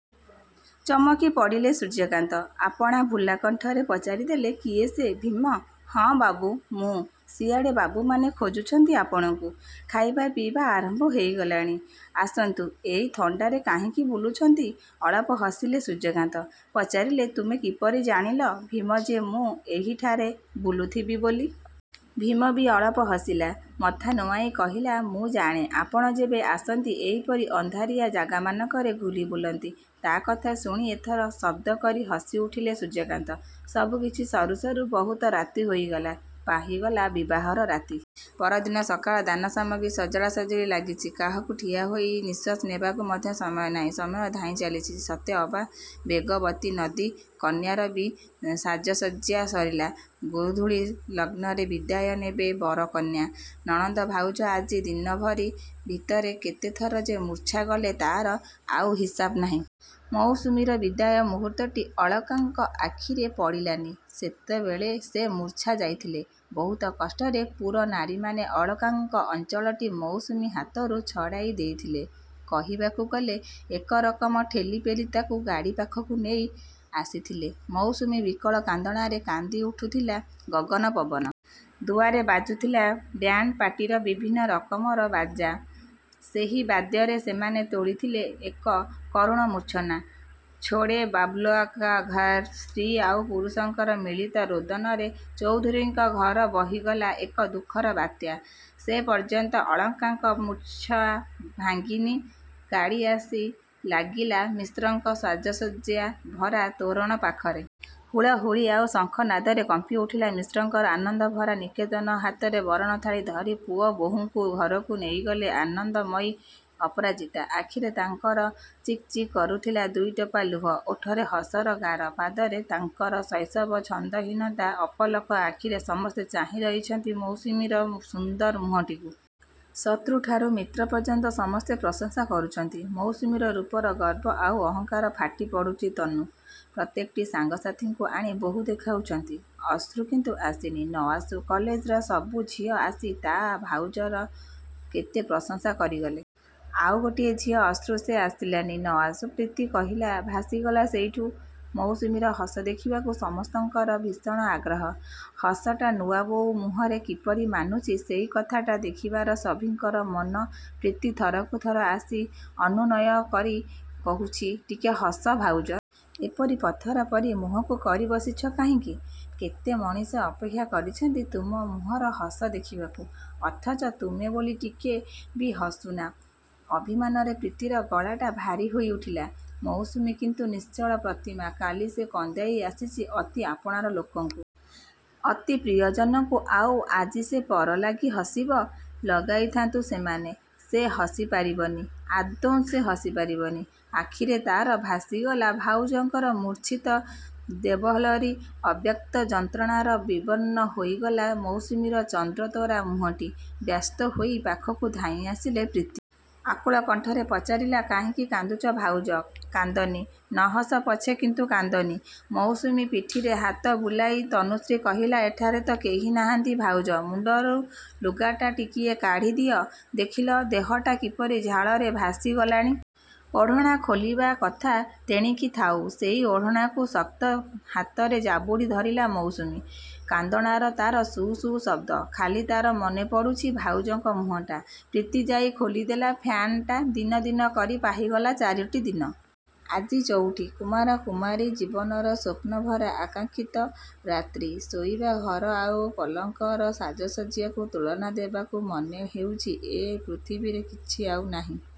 ଚମକି ପଡ଼ିଲେ ସୂର୍ଯ୍ୟକାନ୍ତ। ଆପଣା ଭୁଲା କଣ୍ଠରେ ପଚାରି ଦେଲେ କିଏ ସେ ଭୀମ? ହଁ ବାବୁ, ମୁଁ। ସିଆଡ଼େ ବାବୁମାନେ ଖୋଜୁଛନ୍ତି ଆପଣଙ୍କୁ। ଖାଇବା ପିଇବା ଆରମ୍ଭ ହେଇଗଲାଣି ଆସନ୍ତୁ। ଏଇ ଥଣ୍ଡାରେ କାହିଁକି ବୁଲୁଛନ୍ତି? ଅଳ୍ପ ହସିଲେ ସୂର୍ଯ୍ୟକାନ୍ତ। ପଚାରିଲେ ତୁମେ କିପରି ଜାଣିଲ ଭୀମ ଯେ ମୁଁ ଏହିଠାରେ ବୁଲୁଥିବି ବୋଲି? ଭୀମ ବି ଅଳ୍ପ ହସିଲା। ମଥା ନୁଆଁଇ କହିଲା ମୁଁ ଜାଣେ ଆପଣ ଯେବେ ଆସନ୍ତି, ଏହିପରି ଅନ୍ଧାରିଆ ଜାଗାମାନଙ୍କରେ ଘୂରି ବୁଲନ୍ତି। ତା' କଥା ଶୁଣି ଏଥର ଶବ୍ଦ କରି ହସି ଉଠିଲେ ସୂର୍ଯ୍ୟକାନ୍ତ। ସବୁକିଛି ସରୁ ସରୁ ବହୁତ ରାତି ହୋଇଗଲା। ପାହିଗଲା ବିବାହର ରାତି। ପରଦିନ ସକାଳେ ଦାନ ସାମଗ୍ରୀ ସଜଡ଼ା ସଜଡ଼ି ଲାଗିଛି। କାହାକୁ ଠିଆ ହୋଇ ନିଃଶ୍ୱାସ ନେବାକୁ ମଧ୍ୟ ସମୟ ନାହିଁ। ସମୟ ଧାଇଁ ଚାଲିଛି, ସତେଅବା ବେଗବତୀ ନଦୀ। କନ୍ୟାର ବି ସାଜସଜ୍ଜା ସରିଲା। ଗୋଧୂଳି ଲଗ୍ନରେ ବିଦାୟ ନେବେ ବର କନ୍ୟା। ନଣନ୍ଦ ଭାଉଜ ଆଜି ଦିନଭରି ଭିତରେ କେତେଥର ଯେ ମୂର୍ଚ୍ଛା ଗଲେ ତା'ର ଆଉ ହିସାବ ନାହିଁ। ମୌସୁମୀର ବିଦାୟ ମୁହୂର୍ତ୍ତଟି ଅଳକାଙ୍କ ଆଖିରେ ପଡ଼ିଲାନି। ସେତେବେଳେ ସେ ମୂର୍ଚ୍ଛା ଯାଇଥିଲେ। ବହୁ କଷ୍ଟରେ ପୁରନାରୀମାନେ ଅଳକାଙ୍କ ଅଞ୍ଚଳଟି ମୌସୁମୀ ହାତରୁ ଛଡ଼ାଇ ଦେଇଥିଲେ। କହିବାକୁ ଗଲେ ଏକରକମ ଠେଲିପେଲି ତାକୁ ଗାଡ଼ି ପାଖକୁ ନେଇ ଆସିଥିଲେ। ମୌସୁମୀ ବିକଳ କାନ୍ଦଣାରେ କାନ୍ଦି ଉଠୁଥିଲା ଗଗନ ପବନ। ଦୁଆରେ ବାଜୁଥିଲା ବ୍ୟାଣ୍ଡପାର୍ଟିର ବିଭିନ୍ନ ରକମର ବାଜା। ସେହି ବାଦ୍ୟରେ ସେମାନେ ତୋଳିଥିଲେ ଏକ କରୁଣ ମୂର୍ଚ୍ଛନା। ଛୋଡ଼େ ବାବୁଲ୍କା ଘର। ସ୍ତ୍ରୀ ଆଉ ପୁରୁଷଙ୍କର ମିଳିତ ରୋଦନରେ ଚୌଧୁରୀଙ୍କ ଘରେ ବହିଗଲା ଏକ ଦୁଃଖର ବାତ୍ୟା। ସେପର୍ଯ୍ୟନ୍ତ ଅଳକାଙ୍କ ମୂର୍ଚ୍ଛା ଭାଙ୍ଗିନି। ଗାଡ଼ି ଆସି ଲାଗିଲା ମିଶ୍ରଙ୍କର ସାଜସଜ୍ଜା ଭରା ତୋରଣ ପାଖରେ। ହୁଳାହୁଳି ଆଉ ଶଙ୍ଖ ନାଦରେ କମ୍ପି ଉଠିଲା ମିଶ୍ରଙ୍କର ଆନନ୍ଦଭରା ନିକେତନ। ହାତରେ ବରଣ ଥାଳି ଧରି ପୁଅ ବୋହୂଙ୍କୁ ଘରକୁ ନେଇଗଲେ ଆନନ୍ଦମୟୀ ଅପରାଜିତା। ଆଖିରେ ତାଙ୍କର ଚିକ୍‌ଚିକ୍ କରୁଥିଲା ଦୁଇଟୋପା ଲୁହ। ଓଠରେ ହସର ଗାର। ପାଦରେ ତାଙ୍କର ଶୈଶବ ଛନ୍ଦହୀନତା। ଅପଲକ ଆଖିରେ ସମସ୍ତେ ଚାହିଁ ରହିଛନ୍ତି ମୌସୁମୀର ସୁନ୍ଦର ମୁହଁଟିକୁ। ଶତ୍ରୁଠାରୁ ମିତ୍ର ପର୍ଯ୍ୟନ୍ତ ସମସ୍ତେ ପ୍ରଶଂସା କରୁଛନ୍ତି ମୌସୁମୀ ରୂପର। ଗର୍ବ ଆଉ ଅହଙ୍କାର ଫାଟି ପଡ଼ୁଛି ତନୁ। ପ୍ରତ୍ୟେକଟି ସାଙ୍ଗସାଥିକୁ ଆଣି ବୋହୂ ଦେଖାଉଛନ୍ତି । ଅଶ୍ରୁ କିନ୍ତୁ ଆସିନି। ନ ଆସୁ, କଲେଜର ସବୁ ଝିଅ ଆସି ତା' ଭାଉଜର କେତେ ପ୍ରଶଂସା କରିଗଲେ। ଆଉ ଗୋଟେ ଝିଅ ଅଶ୍ରୁ, ସେ ଆସିଲାନି ନ ଆସୁ। ପ୍ରୀତି କହିଲା ଭାସିଗଲା ସେଇଠୁ। ମୌସୁମୀର ହସ ଦେଖିବାକୁ ସମସ୍ତଙ୍କର ଭୀଷଣ ଆଗ୍ରହ। ହସଟା ନୂଆବୋଉ ମୁହଁରେ କିପରି ମାନୁଛି ସେଇ କଥାଟା ଦେଖିବାର ସଭିଙ୍କର ମନ। ପ୍ରୀତି ଥରକୁ ଥର ଆସି ଅନୁନୟ କରି କହୁଛି – ଟିକେ ହସ ଭାଉଜ। ଏପରି ପଥର ପରି ମୁହଁକୁ କରି ବସିଛ କାହିଁକି? କେତେ ମଣିଷ ଅପେକ୍ଷା କରିଛନ୍ତି ତୁମ ମୁହଁର ହସ ଦେଖିବାକୁ, ଅଥଚ ତୁମେ ବୋଲି ଟିକେ ବି ହସୁନା। ଅଭିମାନରେ ପ୍ରୀତିର ଗଳାଟା ଭାରି ହୋଇ ଉଠିଲା। ମୌସୁମୀ କିନ୍ତୁ ନିଶ୍ଚଳ ପ୍ରତିମା। କାଲି ସେ କନ୍ଦାଇ ଆସିଛି ଅତି ଆପଣାର ଲୋକଙ୍କୁ। ଅତି ପ୍ରିୟଜନଙ୍କୁ। ଆଉ ଆଜି ସେ ପର ଲାଗି ହସିବ? ଲଗାଇଥାନ୍ତୁ ସେମାନେ, ସେ ହସି ପାରିବନି। ଆଦୌ ସେ ହସି ପାରିବନି। ଆଖିରେ ତା'ର ଭାସିଗଲା ଭାଉଜଙ୍କର ମୂର୍ଚ୍ଛିତ ଦେବହଲ୍ଲରୀ। ଅବ୍ୟକ୍ତ ଯନ୍ତ୍ରଣାରେ ବିବର୍ଣ୍ଣ ହୋଇଗଲା ମୌସୁମୀର ଚନ୍ଦ୍ରତୋରା ମୁହଁଟି। ବ୍ୟସ୍ତ ହୋଇ ପାଖକୁ ଧାଇଁ ଆସିଲେ ପ୍ରୀତି। ଆକୁଳ କଣ୍ଠରେ ପଚାରିଲା କାହିଁକି କାନ୍ଦୁଛ ଭାଉଜ? କାନ୍ଦନି। ନ ହସ ପଛେ କିନ୍ତୁ କାନ୍ଦନି। ମୌସୁମୀ ପିଠିରେ ହାତ ବୁଲାଇ ତନୁଶ୍ରୀ କହିଲା ଏଠାରେ ତ କେହି ନାହାନ୍ତି ଭାଉଜ ମୁଣ୍ଡରୁ ଲୁଗାଟା ଟିକିଏ କାଢ଼ି ଦିଅ। ଦେଖିଲ, ଦେହଟା କିପରି ଝାଳରେ ଭାସି ଗଲାଣି। ଓଢ଼ଣା ଖୋଲିବା କଥା ତେଣିକି ଥାଉ, ସେହି ଓଢ଼ଣାକୁ ଶକ୍ତ ହାତରେ ଜାବୁଡ଼ି ଧରିଲା ମୌସୁମୀ। କାନ୍ଦଣାରେ ତା'ର ସୁଁ ସୁଁ ଶବ୍ଦ। ଖାଲି ତା'ର ମନେ ପଡ଼ୁଛି ଭାଉଜଙ୍କ ମୁହଁଟା। ପ୍ରୀତି ଯାଇ ଖୋଲି ଦେଲା ଫ୍ୟାନ୍‌ଟା। ଦିନ ଦିନ କରି ପାହିଗଲା ଚାରୋଟି ଦିନ। ଆଜି ଚଉଠି। କୁମାର କୁମାରୀ ଜୀବନର ସ୍ୱପ୍ନଭରା ଆକାଙ୍କ୍ଷିତ ରାତ୍ରୀ। ଶୋଇବା ଘର ଆଉ ପଲଙ୍କର ସାଜସଜ୍ଜାକୁ ତୁଳନା ଦେବାକୁ ମନେ ହେଉଛି ଏ ପୃଥିବୀରେ କିଛି ଆଉ ନାହିଁ।